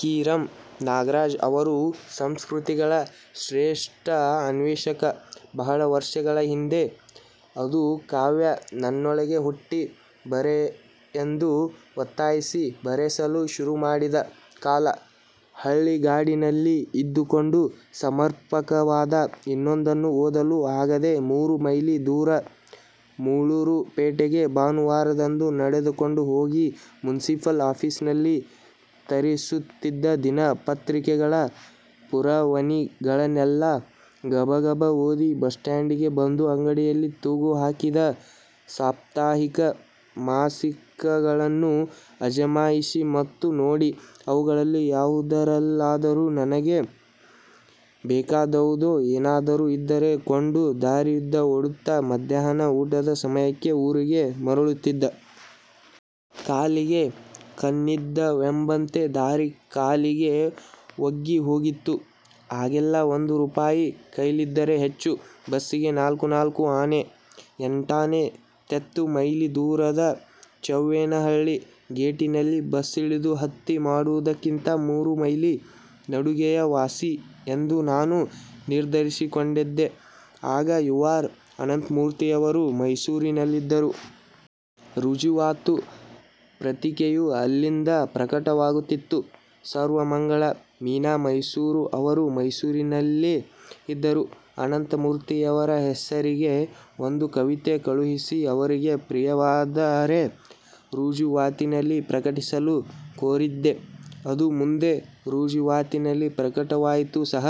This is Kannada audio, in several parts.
ಕಿ. ರಂ. ನಾಗರಾಜ ಅವರು ಸಂಸ್ಕೃತಿಗಳ ಶ್ರೇಷ್ಠ ಅನ್ವೇಷಕ. ಬಹಳ ವರ್ಷಗಳ ಹಿಂದೆ ಅದು ಕಾವ್ಯ ನನ್ನೊಳಗೆ ಹುಟ್ಟಿ ಬರೆಯೆಂದು ಒತ್ತಾಯಿಸಿ ಬರೆಸಲು ಶುರು ಮಾಡಿದ ಕಾಲ. ಹಳ್ಳಿಗಾಡಿನಲ್ಲಿ ಇದ್ದುಕೊಂಡು ಸಮರ್ಪಕವಾದ ಏನೊಂದನ್ನೂ ಓದಲು ಆಗದೆ, ಮೂರು ಮೈಲಿ ದೂರ ಮಾಲೂರು ಪೇಟೆಗೆ ಭಾನುವಾರದಂದು ನಡೆದುಕೊಂಡು ಹೋಗಿ ಮುನಿಸಿಪಲ್ ಆಫೀಸಿನಲ್ಲಿ ತರಿಸುತ್ತಿದ್ದ ದಿನ ಪತ್ರಿಕೆಗಳ ಪುರವಣಿಗಳನ್ನೆಲ್ಲ ಗಬಗಬ ಓದಿ ಬಸ್ ಸ್ಟಾಂಡಿಗೆ ಬಂದು ಅಂಗಡಿಯಲ್ಲಿ ತೂಗುಹಾಕಿದ ಸಾಪ್ತಾಹಿಕ, ಮಾಸಿಕಗಳನ್ನು ಅಜಮಾಯಿಶಿ ಮಾಡಿ ನೋಡಿ, ಅವುಗಳಲ್ಲಿ ಯಾವುದರಲ್ಲಾದರೂ ನನ್ನದೋ, ನನಗೆ ಬೇಕಾದವರದೋ ಏನಾದರೂ ಇದ್ದರೆ ಕೊಂಡು, ದಾರಿಯುದ್ದ ಓದುತ್ತಾ ಮಧ್ಯಾಹ್ನದ ಊಟದ ಸಮಯಕ್ಕೆ ಊರಿಗೆ ಮರಳುತ್ತಿದ್ದೆ. ಕಾಲಿಗೆ ಕಣ್ಣಿದ್ದವೆಂಬಂತೆ ದಾರಿ ಕಾಲಿಗೆ ಒಗ್ಗಿಹೋಗಿತ್ತು. ಆಗೆಲ್ಲ ಒಂದು ರೂಪಾಯಿ ಕೈಲಿದ್ದರೆ ಹೆಚ್ಚು. ಬಸ್ಸಿಗೆ ನಾಲ್ಕು ನಾಲ್ಕು ಆಣೆ ಎಂಟಾಣೆ ತೆತ್ತು ಮೈಲಿ ದೂರದ ಚವ್ವೇನಹಳ್ಳಿ ಗೇಟಿನಲ್ಲಿ ಬಸ್ಸಿಳಿದು ಹತ್ತಿ ಮಾಡುವುದಕ್ಕಿಂತ ಮೂರು ಮೈಲಿ ನಡಿಗೆಯೇ ವಾಸಿ ಎಂದು ನಾನು ನಿರ್ಧರಿಸಿಕೊಂಡಿದ್ದೆ. ಆಗ ಯು ಆರ್ ಅನಂತಮೂರ್ತಿಯವರು ಮೈಸೂರಿನಲ್ಲಿದ್ದರು. ರುಜುವಾತು ಪತ್ರಿಕೆಯೂ ಅಲ್ಲಿಂದ ಪ್ರಕಟವಾಗುತ್ತಿತ್ತು. ಸರ್ವಮಂಗಳ, ಮೀನಾ ಮೈಸೂರು ಅವರೂ ಮೈಸೂರಿನಲ್ಲೇ ಇದ್ದರು. ಅನಂತಮೂರ್ತಿಯವರ ಹೆಸರಿಗೇ ಒಂದು ಕವಿತೆ ಕಳುಹಿಸಿ ಅವರಿಗೆ ಪ್ರಿಯವಾದರೆ ರುಜುವಾತಿನಲ್ಲಿ ಪ್ರಕಟಿಸಲು ಕೋರಿದ್ದೆ. ಅದು ಮುಂದೆ ರುಜುವಾತಿನಲ್ಲಿ ಪ್ರಕಟವಾಯಿತು ಸಹ.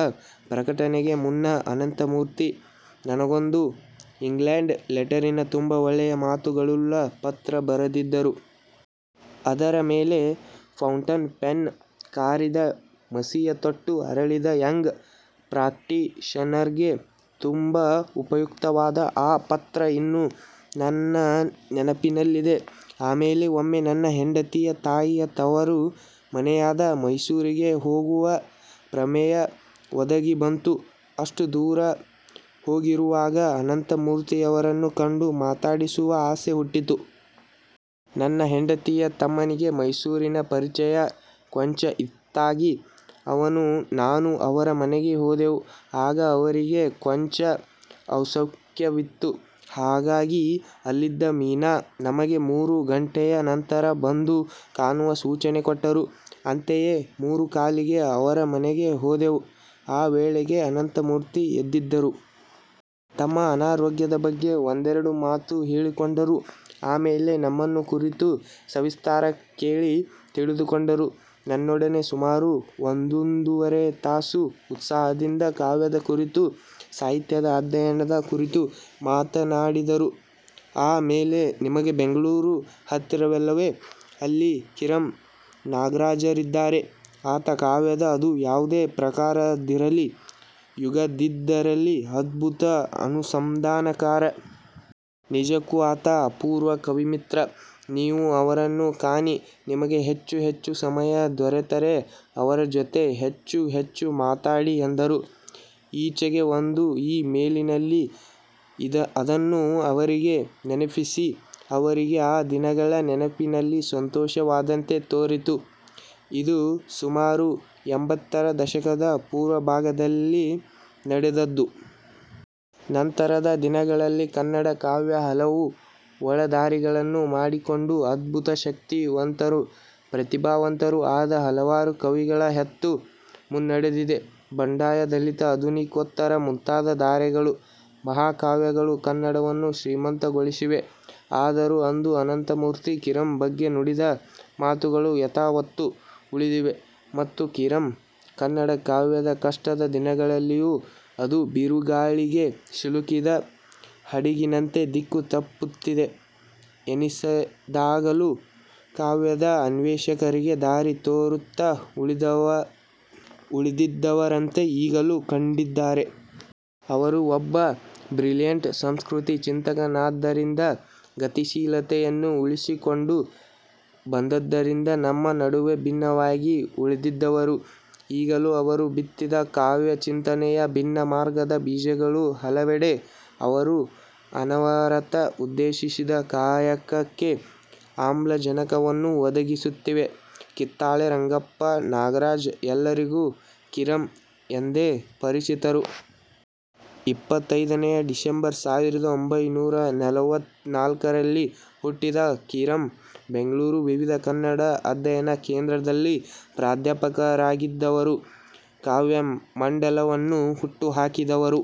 ಪ್ರಕಟಣೆಗೆ ಮುನ್ನ ಅನಂತಮೂರ್ತಿ ನನಗೊಂದು ಇನ್ಲ್ಯಾಂಡ್ ಲೆಟರಿನ ತುಂಬ ಒಳ್ಳೆಯ ಮಾತುಗಳುಳ್ಳ ಪತ್ರ ಬರೆದಿದ್ದರು. ಅದರ ಮೇಲೆ ಫೌಂಟನ್ ಪೆನ್ ಕಾರಿದ ಮಸಿಯ ತೊಟ್ಟು ಅರಳಿದ್ದ ಯಂಗ್ ಪ್ರಾಕ್ಟೀಶನರ್ಗೆ ತುಂಬ ಉಪಯುಕ್ತವಾದ ಆ ಪತ್ರ ಇನ್ನೂ ನನ್ನ ನೆನಪಲ್ಲಿದೆ. ಆಮೇಲೆ ಒಮ್ಮೆ ನನ್ನ ಹೆಂಡತಿಯ ತಾಯಿಯ ತವರು ಮನೆಯಾದ ಮೈಸೂರಿಗೆ ಹೋಗುವ ಪ್ರಮೇಯ ಒದಗಿ ಬಂತು. ಅಷ್ಟು ದೂರ ಹೋಗಿರುವಾಗ ಅನಂತಮೂರ್ತಿಯವರನ್ನು ಕಂಡು ಮಾತಾಡಿಸುವ ಆಸೆ ಹುಟ್ಟಿತು. ನನ್ನ ಹೆಂಡತಿಯ ತಮ್ಮನಿಗೆ ಮೈಸೂರಿನ ಪರಿಚಯ ಕೊಂಚ ಇತ್ತಾಗಿ ಅವನೂ ನಾನೂ ಅವರ ಮನೆಗೆ ಹೋದೆವು. ಆಗ ಅವರಿಗೆ ಕೊಂಚ ಅಸೌಖ್ಯವಿತ್ತು. ಹಾಗಾಗಿ ಅಲ್ಲಿದ್ದ ಮೀನಾ ನಮಗೆ ಮೂರು ಘಂಟೆಯ ನಂತರ ಬಂದು ಕಾಣುವ ಸೂಚನೆ ಕೊಟ್ಟರು. ಅಂತೆಯೇ ಮೂರೂಕಾಲಿಗೆ ಅವರ ಮನೆಗೆ ಹೋದೆವು. ಆ ವೇಳೆಗೆ ಅನಂತಮೂರ್ತಿ ಎದ್ದಿದ್ದರು. ತಮ್ಮ ಅನಾರೋಗ್ಯದ ಬಗ್ಗೆ ಒಂದೆರಡು ಮಾತು ಹೇಳಿಕೊಂಡರು. ಆ ಮೇಲೆ ನಮ್ಮನ್ನು ಕುರಿತು ಸವಿಸ್ತಾರ ಕೇಳಿ ತಿಳಿದುಕೊಂಡರು. ನನ್ನೊಡನೆ ಸುಮಾರು ಒಂದೊಂದೂವರೆ ತಾಸು ಉತ್ಸಾಹದಿಂದ ಕಾವ್ಯದ ಕುರಿತು, ಸಾಹಿತ್ಯದ ಅಧ್ಯಯನದ ಕುರಿತು ಮಾತಾಡಿದರು. ಆ ಮೇಲೆ ನಿಮಗೆ ಬೆಂಗಳೂರು ಹತ್ತಿರವಲ್ಲವೇ? ಅಲ್ಲಿ ಕಿರಂ ನಾಗರಾಜರಿದ್ದಾರೆ. ಆತ ಕಾವ್ಯದ ಅದು ಯಾವುದೇ ಪ್ರಕಾರದ್ದಿರಲಿ, ಯುಗದ್ದಿರಲಿ ಅದ್ಭುತ ಅನುಸಂಧಾನಕಾರ. ನಿಜಕ್ಕೂ ಆತ ಅಪೂರ್ವ ಕವಿಮಿತ್ರ. ನೀವು ಅವರನ್ನು ಕಾಣಿ. ನಿಮಗೆ ಹೆಚ್ಚು ಹೆಚ್ಚು ಸಮಯ ದೊರೆತರೆ ಅವರ ಜೊತೆ ಹೆಚ್ಚು ಹೆಚ್ಚು ಮಾತಾಡಿ ಎಂದರು. ಈಚೆಗೆ ಒಂದು ಇ ಮೇಲಿನಲ್ಲಿ ಅದನ್ನು ಅವರಿಗೆ ನೆನಪಿಸಿದೆ. ಅವರಿಗೆ ಆ ದಿನಗಳ ನೆನಪಿನಲ್ಲಿ ಸಂತೋಷವಾದಂತೆ ತೋರಿತು. ಇದು ಸುಮಾರು ಎಂಬತ್ತರ ದಶಕದ ಪೂರ್ವಭಾಗದಲ್ಲಿ ನಡೆದದ್ದು. ನಂತರದ ದಿನಗಳಲ್ಲಿ ಕನ್ನಡ ಕಾವ್ಯ ಹಲವು ಒಳದಾರಿಗಳನ್ನು ಮಾಡಿಕೊಂಡು, ಅದ್ಭುತ ಶಕ್ತಿವಂತರೂ, ಪ್ರತಿಭಾವಂತರೂ ಆದ ಹಲವಾರು ಕವಿಗಳ ಹೆತ್ತು ಮುನ್ನಡೆದಿದೆ. ಬಂಡಾಯ ದಲಿತ ಆಧುನಿಕೋತ್ತರ ಮುಂತಾದ ಧಾರೆಗಳು, ಮಹಾಕಾವ್ಯಗಳು ಕನ್ನಡವನ್ನು ಶ್ರೀಮಂತಗೊಳಿಸಿವೆ. ಆದರೂ ಅಂದು ಅನಂತಮೂರ್ತಿ ಕಿರಂ ಬಗ್ಗೆ ನುಡಿದ ಮಾತುಗಳು ಯಥಾವತ್ತು ಉಳಿದಿವೆ. ಮತ್ತು ಕಿರಂ ಕನ್ನಡ ಕಾವ್ಯದ ಕಷ್ಟದ ದಿನಗಳಲ್ಲಿಯೂ, ಅದು ಬಿರುಗಾಳಿಗೆ ಸಿಲುಕಿದ ಹಡಗಿನಂತೆ ದಿಕ್ಕು ತಪ್ಪುತ್ತಿದೆ ಎನ್ನಿಸಿದಾಗಲೂ ಕಾವ್ಯದ ಅನ್ವೇಷಕರಿಗೆ ದಾರಿ ತೋರುತ್ತ ಉಳಿದಿದ್ದವರಂತೆ ಈಗಲೂ ಕಂಡಿದ್ದಾರೆ. ಅವರು ಒಬ್ಬ ಬ್ರಿಲಿಯಂಟ್ ಸಂಸ್ಕೃತಿ ಚಿಂತಕನಾದ್ದರಿಂದ, ಗತಿಶೀಲತೆಯನ್ನು ಉಳಿಸಿಕೊಂಡು ಬಂದದ್ದರಿಂದ ನಮ್ಮ ನಡುವೆ ಭಿನ್ನವಾಗಿ ಉಳಿದಿದ್ದವರು. ಈಗಲೂ ಅವರು ಬಿತ್ತಿದ ಕಾವ್ಯ ಚಿಂತನೆಯ ಭಿನ್ನ ಮಾರ್ಗದ ಬೀಜಗಳು ಹಲವೆಡೆ ಅವರು ಅನವರತ ಉದ್ದೇಶಿಸಿದ್ದ ಕಾಯಕಕ್ಕೆ ಆಮ್ಲಜನಕವನ್ನು ಒದಗಿಸುತ್ತಿವೆ. ಕಿತ್ತಾನೆ ರಂಗಪ್ಪ ನಾಗರಾಜ ಎಲ್ಲರಿಗೂ ಕಿರಂ ಎಂದೇ ಪರಿಚಿತರು. ಇಪ್ಪತೈದನೇ ಡಿಸೆಂಬರ್ ಸಾವಿರದ ಒಂಬೈನೂರಾ ನಲವತ್ತ ನಾಲ್ಕರಲ್ಲಿ ಹುಟ್ಟಿದ ಕಿರಂ, ಬೆಂಗಳೂರು ವಿವಿಯ ಕನ್ನಡ ಅಧ್ಯಯನ ಕೇಂದ್ರದಲ್ಲಿ ಪ್ರಾಧ್ಯಾಪಕರಾಗಿದ್ದವರು, ಕಾವ್ಯಮಂಡಲವನ್ನು ಹುಟ್ಟುಹಾಕಿದವರು.